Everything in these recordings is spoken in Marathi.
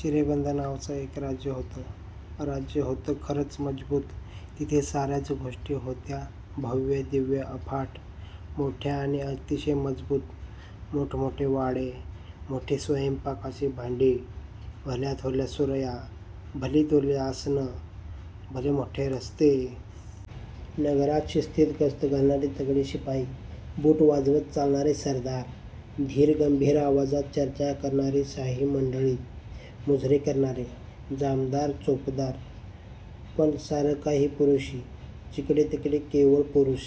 चिरेबंद नावाचं एक राज्य होतं. राज्य होतं खरंच मजबूत. तिथे साऱ्याच गोष्टी होत्या भव्य, दिव्य, अफाट मोठ्या आणि अतिशय मजबूत. मोठे मोठे वाडे, मोठी स्वयंपाकाची भांडी, भल्याथोरल्या सुरया, भलीथोरली आसनं. भले मोठे रस्ते. नगरात शिस्तीत गस्त घालणारे तगडे शिपाई, बूट वाजवत चालणारे सरदार, धीरगंभीर आवाजात चर्चा करणारी शाही मंडळी, मुजरे करणारे जामदार-चोपदार. पण सारं काही पुरुषी. जिकडेतिकडे केवळ पुरुष.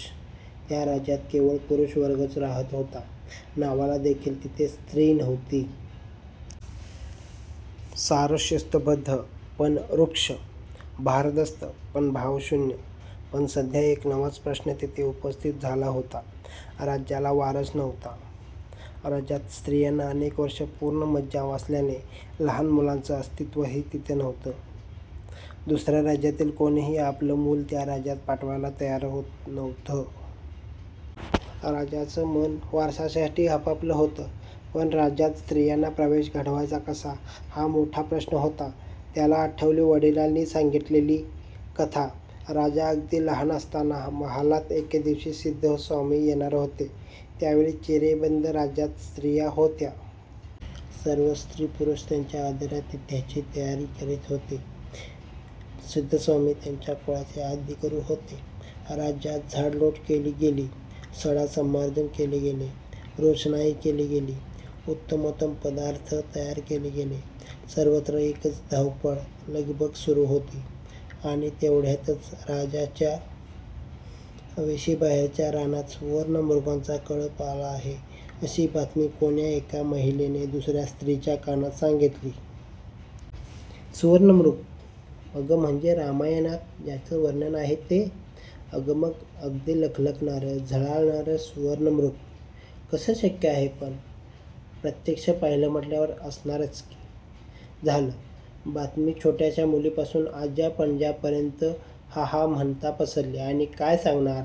त्या राज्यात केवळ पुरुषवर्गच राहत होता. नावालादेखील तिथे स्त्री नव्हती. सारं शिस्तबद्ध पण रुक्ष; भारदस्त पण भावशून्य. पण सध्या एक नवाच प्रश्न तिथे उपस्थित झाला होता. राज्याला वारस नव्हता. राज्यात स्त्रियांना अनेक वर्षं पूर्ण मज्जाव असल्याने लहान मुलांचं अस्तित्वही तिथे नव्हतं. दुसऱ्या राज्यातील कोणीही आपलं मूल त्या राज्यात पाठवायला तयार होत नव्हतं. राजाचं मन वारसासाठी हपापलं होतं. पण राज्यात स्त्रियांना प्रवेश घडवायचा कसा, हा मोठा प्रश्न होता. त्याला आठवली वडिलांनी सांगितलेली कथा. राजा अगदी लहान असताना महालात एके दिवशी सिद्धस्वामी येणार होते. त्या वेळी चिरेबंद राज्यात स्त्रिया होत्या. सर्व स्त्री-पुरुष त्यांच्या आदरातिथ्याची तयारी करीत होते. सिद्धस्वामी त्यांच्या कुळाचे आद्यगुरू होते. राज्यात झाडलोट केली गेली. सडासंमार्जन केले गेले. रोषणाई केली गेली. उत्तमोत्तम पदार्थ तयार केले गेले. सर्वत्र एकच धावपळ, लगबग सुरू होती आणि तेवढ्यातच राज्याच्या वेशीबाहेरच्या रानात सुवर्णमृगांचा कळप आला आहे, अशी बातमी कोण्या एका महिलेने दुसऱ्या स्त्रीच्या कानात सांगितली. 'सुवर्णमृग? अगं म्हणजे रामायणात ज्याचं वर्णन आहे ते? अगं मग? अगदी लखलखणारं, झळाळणारं सुवर्णमृग? कसं शक्य आहे पण? प्रत्यक्ष पाहिलं म्हटल्यावर असणारच की.' झालं बातमी छोट्याशा मुलीपासून आज्या-पणज्यांपर्यंत हा-हा म्हणता पसरली आणि काय सांगणार?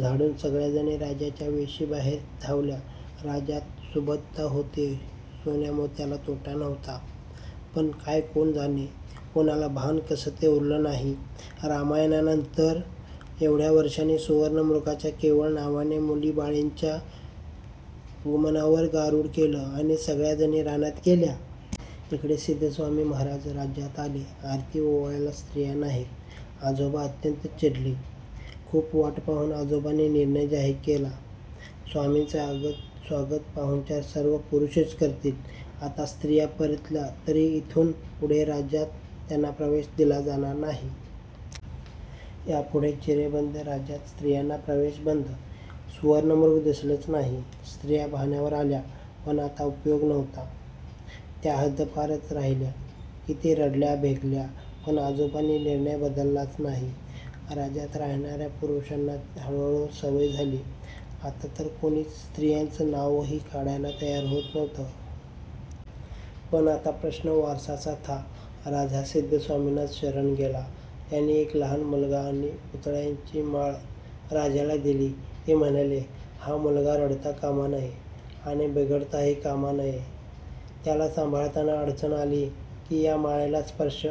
झाडून सगळ्याजणी राज्याच्या वेशीबाहेर धावल्या. राज्यात सुबत्ता होती, सोन्यामोत्याला तोटा नव्हता. पण काय कोण जाणे, कोणाला भान कसं ते उरलं नाही. रामायणानंतर एवढ्या वर्षांनी सुवर्णमृगाच्या केवळ नावाने मुलीबाळींच्या मनावर गारुड केलं आणि सगळ्याजणी रानात गेल्या. इकडे सिद्धस्वामी महाराज राज्यात आले. आरती ओवाळायला स्त्रिया नाहीत. आजोबा अत्यंत चिडले. खूप वाट पाहून आजोबांनी निर्णय जाहीर केला- 'स्वामींचं आगतस्वागत पाहुणचार सर्व पुरुषच करतील. आता स्त्रिया परतल्या, तरी इथून पुढे राज्यात त्यांना प्रवेश दिला जाणार नाही. यापुढे चिरेबंद राज्यात स्त्रियांना प्रवेश बंद.' सुवर्णमृग दिसलंच नाही. स्त्रिया भानावर आल्या. पण आता उपयोग नव्हता. त्या हद्दपारच राहिल्या. किती रडल्या भेकल्या, पण आजोबांनी निर्णय बदललाच नाही. राज्यात राहणाऱ्या पुरुषांना हळूहळू सवय झाली आणि आता तर कोणीच स्त्रियांचं नावही काढायला तयार होत नव्हतं. पण आता प्रश्न वारसाचा था. राजा सिद्धस्वामींनाच शरण गेला. त्यांनी एक लहान मुलगा आणि पुतळ्यांची माळ राजाला दिली. ते म्हणाले, 'हा मुलगा रडता कामा नये आणि बिघडताही कामा नये. त्याला सांभाळताना अडचण आली की या माळेला स्पर्श